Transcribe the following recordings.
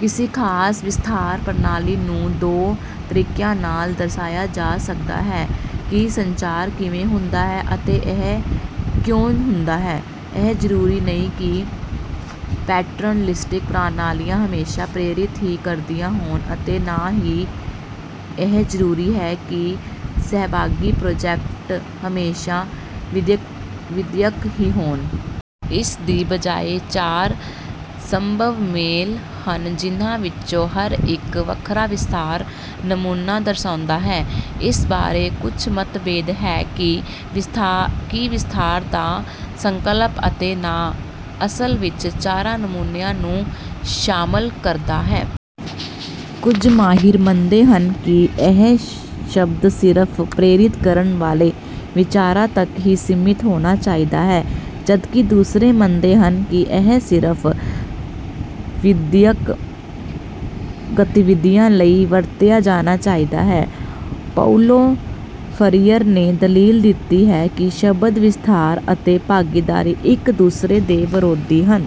ਕਿਸੇ ਖਾਸ ਵਿਸਥਾਰ ਪ੍ਰਣਾਲੀ ਨੂੰ ਦੋ ਤਰੀਕਿਆਂ ਨਾਲ ਦਰਸਾਇਆ ਜਾ ਸਕਦਾ ਹੈ ਕਿ ਸੰਚਾਰ ਕਿਵੇਂ ਹੁੰਦਾ ਹੈ ਅਤੇ ਇਹ ਕਿਉਂ ਹੁੰਦਾ ਹੈ। ਇਹ ਜ਼ਰੂਰੀ ਨਹੀਂ ਕਿ ਪੈਟਰਨਲਿਸਟਿਕ ਪ੍ਰਣਾਲੀਆਂ ਹਮੇਸ਼ਾ ਪ੍ਰੇਰਿਤ ਹੀ ਕਰਦੀਆਂ ਹੋਣ ਅਤੇ ਨਾ ਹੀ ਇਹ ਜ਼ਰੂਰੀ ਹੈ ਕਿ ਸਹਿਭਾਗੀ ਪ੍ਰੋਜੈਕਟ ਹਮੇਸ਼ਾ ਵਿਦਿਅਕ ਹੀ ਹੋਣ। ਇਸ ਦੀ ਬਜਾਏ ਚਾਰ ਸੰਭਵ ਮੇਲ ਹਨ ਜਿਨ੍ਹਾਂ ਵਿੱਚੋਂ ਹਰ ਇੱਕ ਵੱਖਰਾ ਵਿਸਥਾਰ ਨਮੂਨਾ ਦਰਸਾਉਂਦਾ ਹੈ। ਇਸ ਬਾਰੇ ਕੁਝ ਮਤਭੇਦ ਹੈ ਕਿ ਕੀ ਵਿਸਥਾਰ ਦਾ ਸੰਕਲਪ ਅਤੇ ਨਾਮ ਅਸਲ ਵਿੱਚ ਚਾਰਾਂ ਨਮੂਨਿਆਂ ਨੂੰ ਸ਼ਾਮਲ ਕਰਦਾ ਹੈ। ਕੁਝ ਮਾਹਿਰ ਮੰਨਦੇ ਹਨ ਕਿ ਇਹ ਸ਼ਬਦ ਸਿਰਫ ਪ੍ਰੇਰਿਤ ਕਰਨ ਵਾਲੇ ਵਿਚਾਰਾਂ ਤੱਕ ਹੀ ਸੀਮਿਤ ਹੋਣਾ ਚਾਹੀਦਾ ਹੈ ਜਦਕਿ ਦੂਸਰੇ ਮੰਨਦੇ ਹਨ ਕਿ ਇਹ ਸਿਰਫ ਵਿਦਿਅਕ ਗਤੀਵਿਧੀਆਂ ਲਈ ਵਰਤਿਆ ਜਾਣਾ ਚਾਹੀਦਾ ਹੈ। ਪਾਓਲੋ ਫਰੀਅਰ ਨੇ ਦਲੀਲ ਦਿੱਤੀ ਹੈ ਕਿ ਸ਼ਬਦ ਵਿਸਥਾਰ ਅਤੇ ਭਾਗੀਦਾਰੀ ਇੱਕ ਦੂਸਰੇ ਦੇ ਵਿਰੋਧੀ ਹਨ।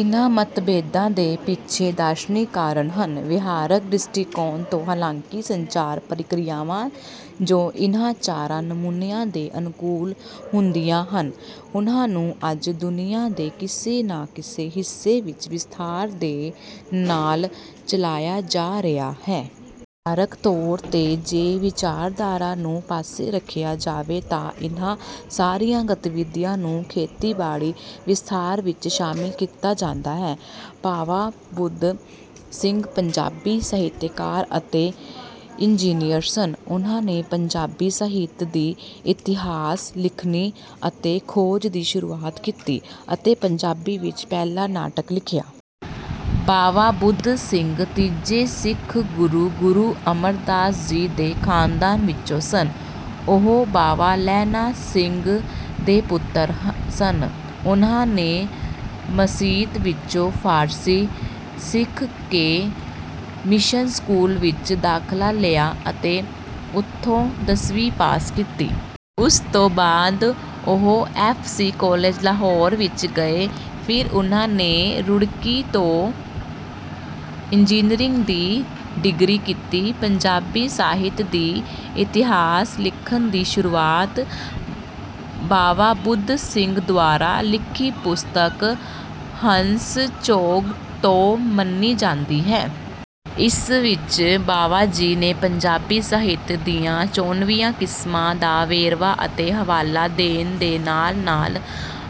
ਇਨ੍ਹਾਂ ਮਤਭੇਦਾਂ ਦੇ ਪਿੱਛੇ ਦਾਰਸ਼ਨਿਕ ਕਾਰਨ ਹਨ। ਵਿਹਾਰਕ ਦ੍ਰਿਸ਼ਟੀਕੋਣ ਤੋਂ ਹਾਲਾਂਕਿ ਸੰਚਾਰ ਪ੍ਰਕਿਰਿਆਵਾਂ ਜੋ ਇਨ੍ਹਾਂ ਚਾਰਾਂ ਨਮੂਨਿਆਂ ਦੇ ਅਨੁਕੂਲ ਹੁੰਦੀਆਂ ਹਨ ਉਨ੍ਹਾਂ ਨੂੰ ਅੱਜ ਦੁਨੀਆ ਦੇ ਕਿਸੇ ਨਾ ਕਿਸੇ ਹਿੱਸੇ ਵਿੱਚ ਵਿਸਥਾਰ ਦੇ ਨਾਂ ਨਾਲ ਚਲਾਇਆ ਜਾ ਰਿਹਾ ਹੈ। ਵਿਹਾਰਕ ਤੌਰ ਤੇ ਜੇ ਵਿਚਾਰਧਾਰਾ ਨੂੰ ਪਾਸੇ ਰੱਖਿਆ ਜਾਵੇ ਤਾਂ ਇਨ੍ਹਾਂ ਸਾਰੀਆਂ ਗਤੀਵਿਧੀਆਂ ਨੂੰ ਖੇਤੀਬਾੜੀ ਵਿਸਥਾਰ ਵਿੱਚ ਸ਼ਾਮਲ ਕੀਤਾ ਜਾਂਦਾ ਹੈ। ਬਾਵਾ ਬੁੱਧ ਸਿੰਘ ਪੰਜਾਬੀ ਸਾਹਿਤਕਾਰ ਅਤੇ ਇੰਜਨੀਅਰ ਸਨ। ਉਨ੍ਹਾਂ ਨੇ ਪੰਜਾਬੀ ਸਾਹਿਤ ਦੀ ਇਤਿਹਾਸ ਲਿਖਣੀ ਅਤੇ ਖੋਜ ਦੀ ਸ਼ੁਰੂਆਤ ਕੀਤੀ ਅਤੇ ਪੰਜਾਬੀ ਵਿੱਚ ਪਹਿਲਾ ਨਾਟਕ ਲਿਖਿਆ। ਬਾਵਾ ਬੁੱਧ ਸਿੰਘ ਤੀਜੇ ਸਿੱਖ ਗੁਰੂ ਗੁਰੂ ਅਮਰਦਾਸ ਜੀ ਦੇ ਖਾਨਦਾਨ ਵਿੱਚੋਂ ਸਨ। ਉਹ ਬਾਵਾ ਲਹਿਣਾ ਸਿੰਘ ਦੇ ਪੁੱਤਰ ਸਨ। ਉਨ੍ਹਾਂ ਨੇ ਮਸੀਤ ਵਿੱਚੋਂ ਫਾਰਸੀ ਸਿੱਖ ਕੇ ਮਿਸ਼ਨ ਸਕੂਲ ਵਿੱਚ ਦਾਖਲਾ ਲਿਆ ਅਤੇ ਉਥੋਂ ਦਸਵੀਂ ਪਾਸ ਕੀਤੀ। ਉਸ ਤੋਂ ਬਾਅਦ ਉਹ ਐਫ ਸੀ ਕਾਲਜ ਲਾਹੌਰ ਵਿੱਚ ਗਏ। ਫਿਰ ਉਨ੍ਹਾਂ ਨੇ ਰੁੜਕੀ ਤੋਂ ਇੰਜਨੀਅਰਿੰਗ ਦੀ ਡਿਗਰੀ ਕੀਤੀ। ਪੰਜਾਬੀ ਸਾਹਿਤ ਦੀ ਇਤਿਹਾਸ ਲਿਖਣ ਦੀ ਸ਼ੁਰੂਆਤ ਬਾਵਾ ਬੁੱਧ ਸਿੰਘ ਦੁਆਰਾ ਲਿਖੀ ਪੁਸਤਕ ਹੰਸ ਚੋਗ ਤੋਂ ਮੰਨੀ ਜਾਂਦੀ ਹੈ। ਇਸ ਵਿੱਚ ਬਾਵਾ ਜੀ ਨੇ ਪੰਜਾਬੀ ਸਾਹਿਤ ਦੀਆਂ ਚੋਣਵੀਆਂ ਕਿਸਮਾਂ ਦਾ ਵੇਰਵਾ ਅਤੇ ਹਵਾਲਾ ਦੇਣ ਦੇ ਨਾਲ ਨਾਲ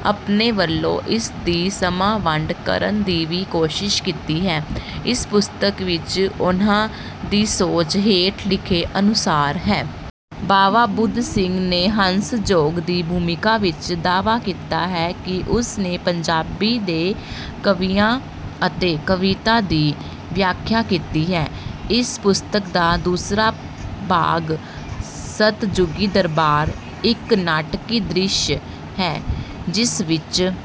ਆਪਣੇ ਵੱਲੋਂ ਇਸ ਦੀ ਸਮਾਂ ਵੰਡ ਕਰਨ ਦੀ ਵੀ ਕੋਸ਼ਿਸ਼ ਕੀਤੀ ਹੈ। ਇਸ ਪੁਸਤਕ ਵਿੱਚ ਉਨ੍ਹਾਂ ਦੀ ਸੋਚ ਹੇਠ ਲਿਖੇ ਅਨੁਸਾਰ ਹੈ। ਬਾਵਾ ਬੁੱਧ ਸਿੰਘ ਨੇ ਹੰਸ ਚੋਗ ਦੀ ਭੂਮਿਕਾ ਵਿੱਚ ਦਾਅਵਾ ਕੀਤਾ ਹੈ ਕਿ ਉਸ ਨੇ ਪੰਜਾਬੀ ਦੇ ਕਵੀਆਂ ਅਤੇ ਕਵਿਤਾ ਦੀ ਵਿਆਖਿਆ ਕੀਤੀ ਹੈ। ਇਸ ਪੁਸਤਕ ਦਾ ਦੂਸਰਾ ਭਾਗ ਸਤਿਜੁਗੀ ਦਰਬਾਰ ਇੱਕ ਨਾਟਕੀ ਦ੍ਰਿਸ਼ ਹੈ ਜਿਸ ਵਿੱਚ